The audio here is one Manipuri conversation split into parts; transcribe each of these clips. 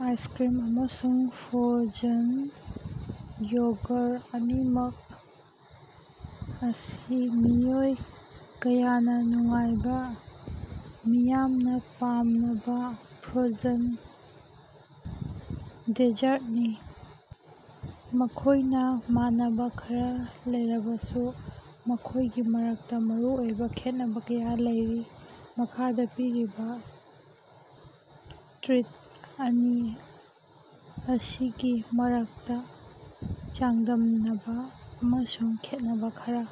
ꯑꯥꯏꯁꯀ꯭ꯔꯤꯝ ꯑꯃꯁꯨꯡ ꯐ꯭ꯔꯣꯖꯟ ꯌꯣꯒꯔ ꯑꯅꯤꯃꯛ ꯑꯁꯤ ꯃꯤꯑꯣꯏ ꯀꯌꯥꯅꯥ ꯅꯨꯡꯉꯥꯏꯕꯥ ꯃꯤꯌꯥꯝꯅꯥ ꯄꯥꯝꯅꯕꯥ ꯐ꯭ꯔꯣꯖꯟ ꯗꯦꯖ꯭ꯔꯠꯅꯤ꯫ ꯃꯈꯣꯏꯅꯥ ꯃꯥꯟꯅꯕꯥ ꯈꯔꯥ ꯂꯩꯔꯕꯁꯨ ꯃꯈꯣꯏꯒꯤ ꯃꯔꯛꯇꯥ ꯃꯔꯨꯑꯣꯏꯕꯥ ꯈꯦꯠꯅꯕꯥ ꯀꯌꯥ ꯂꯩꯔꯤ꯫ ꯃꯈꯥꯗꯥ ꯄꯤꯔꯤꯕꯥ ꯇ꯭ꯔꯤꯠ ꯑꯅꯤ ꯑꯁꯤꯒꯤ ꯃꯔꯛꯇꯥ ꯆꯥꯡꯗꯝꯅꯕꯥ ꯑꯃꯁꯨꯡ ꯈꯦꯠꯅꯕꯥ ꯈꯔꯥ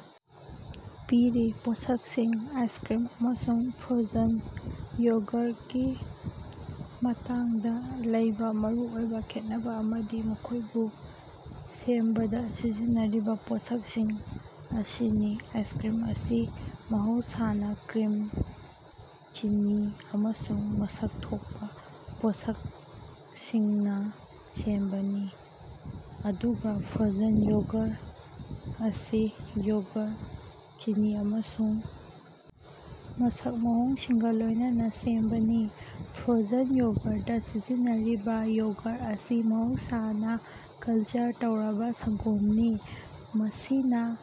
ꯄꯤꯔꯤ: ꯄꯣꯠꯁꯛꯁꯤꯡ: ꯑꯥꯏꯁꯀ꯭ꯔꯤꯝ ꯑꯃꯁꯨꯡ ꯐ꯭ꯔꯣꯖꯟ ꯌꯣꯒꯔꯒꯤ ꯃꯥꯇꯟꯗ ꯂꯩꯕꯥ ꯃꯔꯨꯑꯣꯏꯕꯥ ꯈꯦꯠꯅꯕꯥ ꯑꯃꯗꯤ ꯃꯈꯣꯏꯕꯨ ꯁꯦꯝꯕꯗꯥ ꯁꯤꯖꯤꯟꯅꯔꯤꯕꯥ ꯄꯣꯠꯁꯛꯁꯤꯡ ꯑꯁꯤꯅꯤ꯫ ꯑꯥꯏꯁꯀ꯭ꯔꯤꯝ ꯑꯁꯤ ꯃꯍꯧꯁꯥꯅꯥ ꯀ꯭ꯔꯤꯝ, ꯆꯤꯅꯤ ꯑꯃꯁꯨꯡ ꯃꯁꯛ ꯊꯣꯛꯄꯥ ꯄꯣꯠꯁꯛꯁꯤꯡꯅꯥ ꯁꯦꯝꯕꯅꯤ, ꯑꯗꯨꯒꯥ ꯐ꯭ꯔꯣꯖꯟ ꯌꯣꯒꯔ ꯑꯁꯤ ꯌꯣꯒꯔ, ꯆꯤꯅꯤ ꯑꯃꯁꯨꯡ ꯃꯁꯛ ꯃꯑꯣꯡꯁꯤꯡꯒꯥ ꯂꯣꯏꯅꯅꯥ ꯁꯦꯝꯕꯅꯤ꯫ ꯐ꯭ꯔꯣꯖꯟ ꯌꯣꯒꯔꯗꯥ ꯁꯤꯖꯤꯟꯅꯔꯤꯕꯥ ꯌꯣꯒꯔ ꯑꯁꯤ ꯃꯍꯧꯁꯥꯅꯥ ꯀꯜꯆꯔ ꯇꯧꯔꯕꯥ ꯁꯪꯒꯣꯝꯅꯤ, ꯃꯁꯤꯅꯥ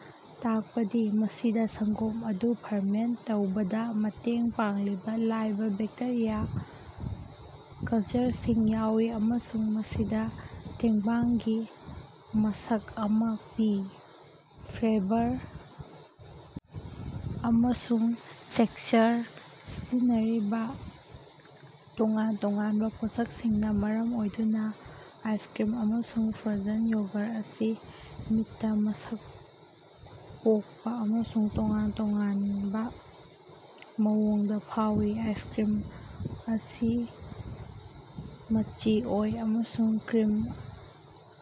ꯇꯥꯛꯄꯗꯤ ꯃꯁꯤꯗꯥ ꯁꯪꯒꯣꯝ ꯑꯗꯨ ꯐꯔꯃꯦꯟꯇ ꯇꯧꯕꯗꯥ ꯃꯇꯦꯡ ꯄꯥꯡꯂꯤꯕꯥ ꯂꯥꯏꯕ ꯕꯦꯛꯇꯦꯔꯤꯌꯥ ꯀꯜꯆꯔꯁꯤꯡ ꯌꯥꯎꯏ ꯑꯃꯁꯨꯡ ꯃꯁꯤꯗꯥ ꯇꯦꯡꯕꯥꯡꯒꯤ ꯃꯁꯛ ꯑꯃꯥ ꯄꯤ꯫ ꯐ꯭ꯂꯦꯕꯔ ꯑꯃꯁꯨꯡ ꯇꯦꯛꯁꯆꯔ: ꯁꯤꯖꯤꯟꯅꯔꯤꯕꯥ ꯇꯣꯉꯥꯟ-ꯇꯣꯉꯥꯟꯕꯥ ꯄꯣꯠꯁꯛꯁꯤꯡꯅꯥ ꯃꯔꯝ ꯑꯣꯏꯗꯨꯅꯥ ꯑꯥꯏꯁꯀ꯭ꯔꯤꯝ ꯑꯃꯁꯨꯡ ꯐ꯭ꯔꯣꯖꯟ ꯌꯣꯒꯔ ꯑꯁꯤ ꯃꯤꯠꯇꯥ ꯃꯁꯛ ꯊꯣꯛꯄꯥ ꯑꯃꯁꯨꯡ ꯇꯣꯉꯥꯟ-ꯇꯣꯉꯥꯟꯕꯥ ꯃꯑꯣꯡꯗꯥ ꯐꯥꯎꯏ꯫ ꯑꯥꯏꯁꯀ꯭ꯔꯤꯝ ꯑꯁꯤ ꯃꯆꯤ ꯑꯣꯏ ꯑꯃꯁꯨꯡ ꯀ꯭ꯔꯤꯝ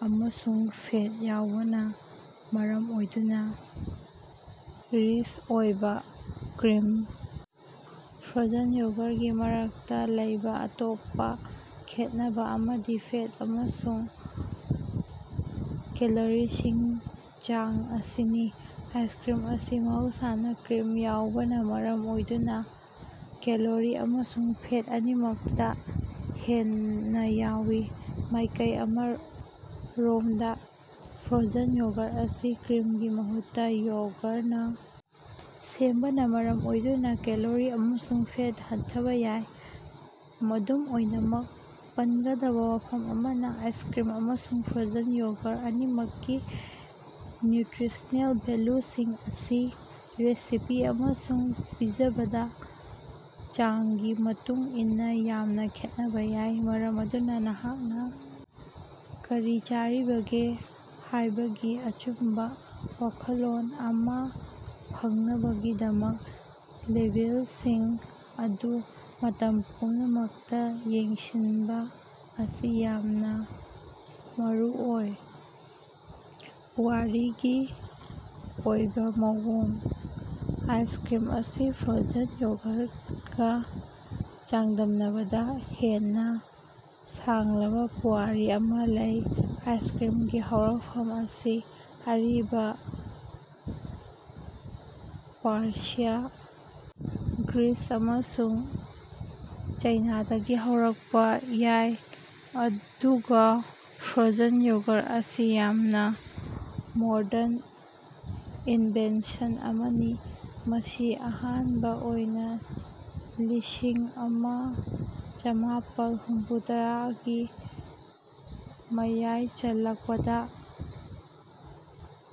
ꯑꯃꯁꯨꯡ ꯐꯦꯠ ꯌꯥꯎꯕꯅꯥ ꯃꯔꯝ ꯑꯣꯏꯗꯨꯅꯥ ꯔꯤꯆ ꯑꯣꯏꯕꯥ, ꯀ꯭ꯔꯤꯝ ꯐ꯭ꯔꯣꯖꯟ ꯌꯣꯒꯔꯒꯤ ꯃꯔꯛꯇꯥ ꯂꯩꯕꯥ ꯑꯇꯣꯞꯄꯥ ꯈꯦꯠꯅꯕꯥ ꯑꯃꯗꯤ ꯐꯦꯠ ꯑꯃꯁꯨꯡ ꯀꯦꯂꯣꯔꯤꯒꯤ ꯆꯥꯡ ꯑꯁꯤꯅꯤ꯫ ꯑꯥꯏꯁꯀ꯭ꯔꯤꯝ ꯑꯁꯤ ꯃꯍꯧꯁꯥꯅꯥ ꯀ꯭ꯔꯤꯝ ꯌꯥꯎꯕꯅꯥ ꯃꯔꯝ ꯑꯣꯏꯗꯨꯅꯥ ꯀꯦꯂꯣꯔꯤ ꯑꯃꯁꯨꯡ ꯐꯦꯠ ꯑꯅꯤꯃꯛꯇꯥ ꯍꯦꯟꯅꯥ ꯌꯥꯎꯏ꯫ ꯃꯥꯏꯀꯩ ꯑꯃꯔꯣꯝꯗꯥ ꯐ꯭ꯔꯣꯖꯟ ꯌꯣꯒꯔ ꯑꯁꯤ ꯀ꯭ꯔꯤꯝꯒꯤ ꯃꯍꯨꯠꯇꯥ ꯌꯣꯒꯔꯅꯥ ꯁꯦꯝꯕꯅꯥ ꯃꯔꯝ ꯑꯣꯏꯗꯨꯅꯥ ꯀꯦꯂꯣꯔꯤ ꯑꯃꯁꯨꯡ ꯐꯦꯠ ꯍꯟꯊꯕꯥ ꯌꯥꯏ꯫ ꯑꯗꯨꯝ ꯑꯣꯏꯅꯃꯛ, ꯄꯟꯒꯗꯕꯥ ꯋꯥꯐꯝ ꯑꯃꯅꯥ ꯑꯥꯏꯁꯀ꯭ꯔꯤꯝ ꯑꯃꯁꯨꯡ ꯐ꯭ꯔꯣꯖꯟ ꯌꯣꯒꯔ ꯑꯅꯤꯃꯛꯀꯤ ꯅ꯭ꯌꯨꯇ꯭ꯔꯤꯁꯅꯦꯜ ꯚꯦꯜꯂꯨꯁꯤꯡ ꯑꯁꯤ ꯔꯦꯁꯤꯄꯤ ꯑꯃꯁꯨꯡ ꯄꯤꯖꯕꯒꯤ ꯆꯥꯡꯒꯤ ꯃꯇꯨꯡ ꯏꯟꯅꯥ ꯌꯥꯝꯅꯥ ꯈꯦꯠꯅꯕꯥ ꯌꯥꯏ, ꯃꯔꯝ ꯑꯗꯨꯅꯥ ꯅꯍꯥꯛꯅꯥ ꯀꯔꯤ ꯆꯥꯔꯤꯕꯒꯦ ꯍꯥꯏꯕꯒꯤ ꯑꯆꯨꯝꯕꯥ ꯋꯥꯈꯜꯂꯣꯟ ꯑꯃꯥ ꯐꯪꯅꯕꯒꯤꯗꯃꯛ ꯂꯦꯕꯦꯜꯁꯤꯡ ꯑꯗꯨ ꯃꯇꯝ ꯄꯨꯝꯅꯃꯛꯇꯥ ꯌꯦꯡꯁꯤꯟꯕꯥ ꯑꯁꯤ ꯌꯥꯝꯅꯥ ꯃꯔꯨꯑꯣꯏ꯫ ꯄꯨꯋꯥꯔꯤꯒꯤ ꯑꯣꯏꯕꯥ ꯃꯑꯣꯡ: ꯑꯥꯏꯁꯀ꯭ꯔꯤꯝ ꯑꯁꯤ ꯐ꯭ꯔꯣꯖꯟ ꯌꯣꯒꯔꯒꯥ ꯆꯥꯡꯗꯝꯅꯕꯗꯥ ꯍꯦꯟꯅꯥ ꯁꯥꯡꯂꯕꯥ ꯄꯨꯋꯥꯔꯤ ꯑꯃꯥ ꯂꯩ꯫ ꯑꯥꯏꯁꯀ꯭ꯔꯤꯝꯒꯤ ꯍꯧꯔꯛꯐꯝ ꯑꯁꯤ ꯑꯔꯤꯕꯥ ꯄꯥꯔꯁꯤꯌꯥ, ꯒ꯭ꯔꯤꯁ ꯑꯃꯁꯨꯡ ꯆꯥꯏꯅꯥꯗꯒꯤ ꯍꯧꯔꯛꯄꯥ ꯌꯥꯏ, ꯑꯗꯨꯒꯥ ꯐ꯭ꯔꯣꯖꯟ ꯌꯣꯒꯔ ꯑꯁꯤ ꯌꯥꯝꯅꯥ ꯃꯣꯔꯗꯟ ꯏꯟꯚꯦꯟꯁꯟ ꯑꯃꯅꯤ, ꯃꯁꯤ ꯑꯍꯥꯟꯕꯥ ꯑꯣꯏꯅꯥ ꯂꯤꯁꯤꯡꯑꯃꯥ ꯆꯥꯝꯃꯥꯄꯟ ꯍꯨꯝꯐꯨꯇꯔꯥꯒꯤ ꯃꯌꯥꯏ ꯆꯜꯂꯛꯄꯗꯥ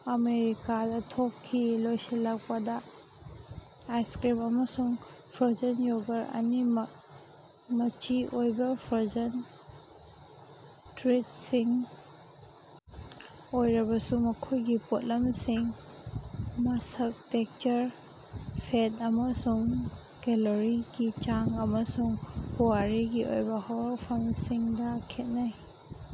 ꯑꯃꯦꯔꯤꯀꯥꯗꯥ ꯊꯣꯛꯈꯤ꯫ ꯂꯣꯏꯁꯤꯜꯂꯛꯄꯗꯥ, ꯑꯥꯏꯁꯀ꯭ꯔꯤꯝ ꯑꯃꯁꯨꯡ ꯐ꯭ꯔꯣꯖꯟ ꯌꯣꯒꯔ ꯑꯅꯤꯃꯛ ꯃꯆꯤ ꯑꯣꯏꯕꯥ ꯐ꯭ꯔꯣꯖꯟ ꯇ꯭ꯔꯤꯠꯁꯤꯡ ꯑꯣꯏꯔꯕꯁꯨ, ꯃꯈꯣꯏꯒꯤ ꯄꯣꯠꯂꯝꯁꯤꯡ, ꯃꯁꯛ, ꯇꯦꯛꯁꯆꯔ, ꯐꯦꯠ ꯑꯃꯁꯨꯡ ꯀꯦꯂꯣꯔꯤꯒꯤ ꯆꯥꯡ, ꯑꯃꯁꯨꯡ ꯄꯨꯋꯥꯔꯤꯒꯤ ꯑꯣꯏꯕꯥ ꯍꯧꯔꯛꯐꯝꯁꯤꯡꯗꯥ ꯈꯦꯠꯅꯩ꯫